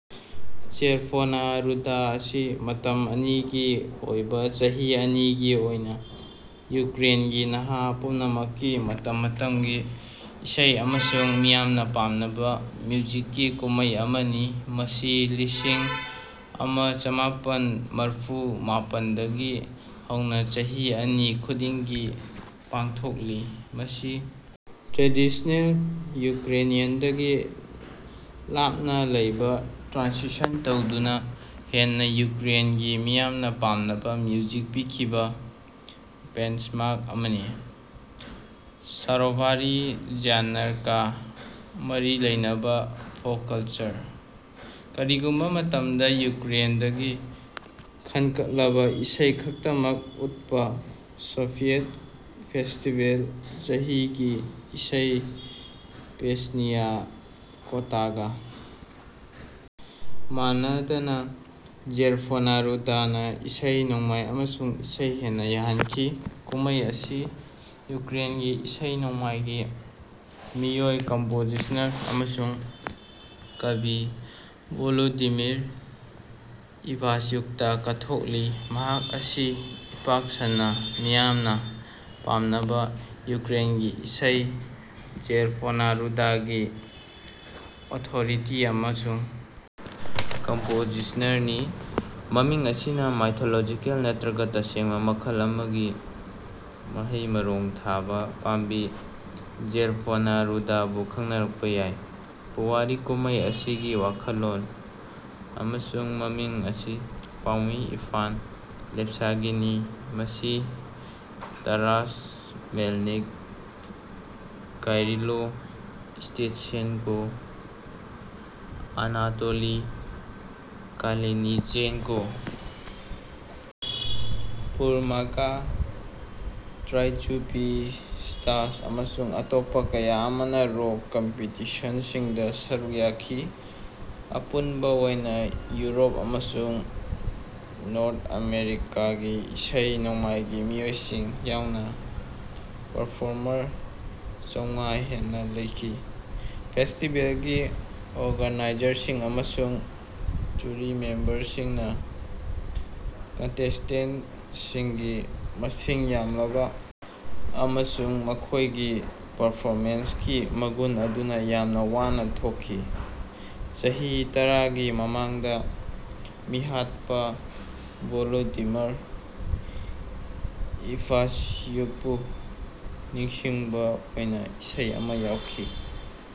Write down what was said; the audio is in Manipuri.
ꯆꯦꯔꯚꯣꯅꯥ ꯔꯨꯇꯥ ꯑꯁꯤ ꯃꯇꯝ ꯑꯅꯤꯒꯤ ꯑꯣꯏꯕꯥ ꯆꯍꯤ ꯑꯅꯤꯒꯤ ꯑꯣꯏꯅꯥ ꯌꯨꯀ꯭ꯔꯦꯟꯒꯤ ꯅꯍꯥ ꯄꯨꯝꯅꯃꯛꯀꯤ ꯃꯇꯝ ꯃꯇꯝꯒꯤ ꯏꯁꯩ ꯑꯃꯁꯨꯡ ꯃꯤꯌꯥꯝꯅꯥ ꯄꯥꯝꯅꯕꯥ ꯃ꯭ꯌꯨꯖꯤꯛꯀꯤ ꯀꯨꯝꯃꯩ ꯑꯃꯅꯤ ꯃꯁꯤ ꯂꯤꯁꯤꯡ ꯑꯃ ꯆꯃꯥꯄꯟ ꯃꯔꯐꯨ ꯃꯥꯄꯟꯗꯒꯤ ꯍꯧꯅꯥ ꯆꯍꯤ ꯑꯅꯤ ꯈꯨꯗꯤꯡꯒꯤ ꯄꯥꯡꯊꯣꯛꯂꯤ ꯃꯁꯤ ꯇ꯭ꯔꯦꯗꯤꯁꯟꯅꯦꯜ ꯌꯨꯀ꯭ꯔꯦꯅꯤꯌꯥꯟꯗꯒꯤ ꯂꯥꯞꯅꯥ ꯂꯩꯕꯥ ꯇ꯭ꯔꯥꯟꯁꯤꯁꯟ ꯇꯧꯗꯨꯅꯥ ꯍꯦꯟꯅꯥ ꯌꯨꯀ꯭ꯔꯦꯟꯒꯤ ꯃꯤꯌꯥꯝꯅꯥ ꯄꯥꯝꯅꯕꯥ ꯃ꯭ꯌꯨꯖꯤꯛ ꯄꯤꯈꯤꯕꯥ ꯕꯦꯟꯆꯃꯥꯔꯛ ꯑꯃꯅꯤ꯫ ꯁꯥꯔꯣꯚꯥꯔꯤ ꯖ꯭ꯌꯥꯅꯔꯒꯥ ꯃꯔꯤ ꯂꯩꯅꯕꯥ ꯐꯣꯛ ꯀꯂꯆꯔ꯫ ꯀꯔꯤꯒꯨꯝꯕꯥ ꯃꯇꯝꯗꯥ ꯌꯨꯀ꯭ꯔꯦꯟꯗꯒꯤ ꯈꯟꯒꯠꯂꯕꯥ ꯏꯁꯩ ꯈꯛꯇꯃꯛ ꯎꯠꯄꯥ ꯁꯣꯚꯤꯌꯦꯠ ꯐꯦꯁꯇꯤꯕꯦꯜ ꯆꯍꯤꯒꯤ ꯏꯁꯩ ꯄꯦꯁꯅꯤꯌꯥ ꯒꯣꯗꯥꯒꯥ ꯃꯥꯟꯅꯗꯅꯥ ꯖꯦꯔꯚꯣꯅꯥ ꯔꯨꯗꯥꯅꯥ ꯏꯁꯩ ꯅꯣꯡꯃꯥꯏ ꯑꯃꯁꯨꯡ ꯏꯁꯩ ꯍꯦꯟꯅꯥ ꯌꯥꯍꯟꯈꯤ꯫ ꯀꯨꯝꯃꯩ ꯑꯁꯤ ꯌꯨꯀ꯭ꯔꯦꯟꯒꯤ ꯏꯁꯩ ꯅꯣꯡꯃꯥꯏꯒꯤ ꯃꯤꯑꯣꯏ ꯀꯝꯄꯣꯖꯤꯁꯅꯔ ꯑꯃꯁꯨꯡ ꯀꯕꯤ ꯚꯣꯂꯣꯗꯤꯃꯤꯔ ꯏꯚꯥꯁꯌꯨꯛꯇꯥ ꯀꯠꯊꯣꯛꯂꯤ ꯃꯍꯥꯛ ꯑꯁꯤ ꯄꯥꯛ ꯁꯟꯅꯥ ꯃꯤꯌꯥꯝꯅꯥ ꯄꯥꯝꯅꯕꯥ ꯌꯨꯀ꯭ꯔꯦꯟꯒꯤ ꯏꯁꯩ ꯆꯦꯔꯚꯣꯅꯥ ꯔꯨꯇꯥꯒꯤ ꯑꯣꯊꯣꯔꯤꯇꯤ ꯑꯃꯁꯨꯡ ꯀꯝꯄꯣꯖꯤꯁꯅꯔꯅꯤ꯫ ꯃꯃꯤꯡ ꯑꯁꯤꯅꯥ ꯃꯥꯏꯊꯣꯂꯣꯖꯤꯀꯦꯜ ꯅꯠꯇ꯭ꯔꯒꯥ ꯇꯁꯦꯡꯕꯥ ꯃꯈꯜ ꯑꯃꯒꯤ ꯃꯍꯩ ꯃꯔꯣꯡ ꯊꯥꯕꯥ ꯄꯥꯝꯕꯤ ꯖꯦꯔꯚꯣꯅꯥ ꯔꯨꯇꯥꯕꯨ ꯈꯪꯅꯔꯛꯄꯥ ꯌꯥꯏ꯫ ꯄꯨꯋꯥꯔꯤ ꯀꯨꯝꯃꯩ ꯑꯁꯤꯒꯤ ꯋꯥꯈꯜꯂꯣꯟ ꯑꯃꯁꯨꯡ ꯃꯃꯤꯡ ꯑꯁꯤ ꯄꯥꯎꯃꯤ ꯏꯚꯥꯟ ꯂꯦꯞꯁꯥꯒꯤꯅꯤ ꯃꯁꯤ ꯇꯥꯔꯥꯁ ꯃꯦꯂꯅꯤꯛ ꯀꯥꯏꯔꯤꯂꯣ ꯁ꯭ꯇꯦꯇꯁꯦꯅꯀꯣ ꯑꯅꯥꯇꯣꯂꯤ ꯀꯥꯂꯦꯅꯤꯆꯦꯅꯀꯣ ꯕꯨꯔꯃꯥꯀꯥ ꯇ꯭ꯔꯥꯏꯖꯨꯕꯤ ꯁ꯭ꯇꯥꯁ ꯑꯃꯁꯨꯡ ꯑꯇꯣꯞꯄꯥ ꯀꯌꯥ ꯑꯃꯅꯥ ꯔꯣꯛ ꯀꯝꯄꯤꯇꯤꯁꯟꯁꯤꯡꯗꯥ ꯁꯔꯨꯛ ꯌꯥꯈꯤ꯫ ꯑꯄꯨꯟꯕꯥ ꯑꯣꯏꯅꯥ ꯌꯨꯔꯣꯞ ꯑꯃꯁꯨꯡ ꯅꯣꯔꯊ ꯑꯥꯃꯦꯔꯤꯀꯥꯒꯤ ꯏꯁꯩ ꯅꯣꯡꯃꯥꯏꯒꯤ ꯃꯤꯑꯣꯏꯁꯤꯡ ꯌꯥꯎꯅꯥ ꯄꯔꯐꯣꯔꯃꯔ ꯆꯧꯉꯥ ꯍꯦꯟꯅꯥ ꯂꯩꯈꯤ꯫ ꯐꯦꯁꯇꯤꯕꯦꯜꯒꯤ ꯑꯣꯔꯒꯥꯅꯥꯏꯖꯔꯁꯤꯡ ꯑꯃꯁꯨꯡ ꯖꯨꯔꯤ ꯃꯦꯝꯕꯔꯁꯤꯡꯅꯥ ꯀꯟꯇꯦꯁ꯭ꯇꯦꯟꯠꯁꯤꯡꯒꯤ ꯃꯁꯤꯡ ꯌꯥꯝꯂꯕꯥ ꯑꯃꯁꯨꯡ ꯃꯈꯣꯏꯒꯤ ꯄꯔꯐꯣꯃꯦꯟꯁꯀꯤ ꯃꯒꯨꯟ ꯑꯗꯨꯅꯥ ꯌꯥꯝꯅꯥ ꯋꯥꯅꯥ ꯊꯣꯛꯈꯤ꯫ ꯆꯍꯤ ꯇꯔꯥꯒꯤ ꯃꯃꯥꯡꯗꯥ ꯃꯤꯍꯥꯠꯄꯥ ꯚꯣꯂꯣꯗꯤꯃꯤꯔ ꯏꯚꯥꯁ꯭ꯌꯨꯀꯄꯨ ꯅꯤꯡꯁꯤꯡꯕꯥ ꯑꯣꯏꯅꯥ ꯏꯁꯩ ꯑꯃꯥ ꯌꯥꯎꯈꯤ꯫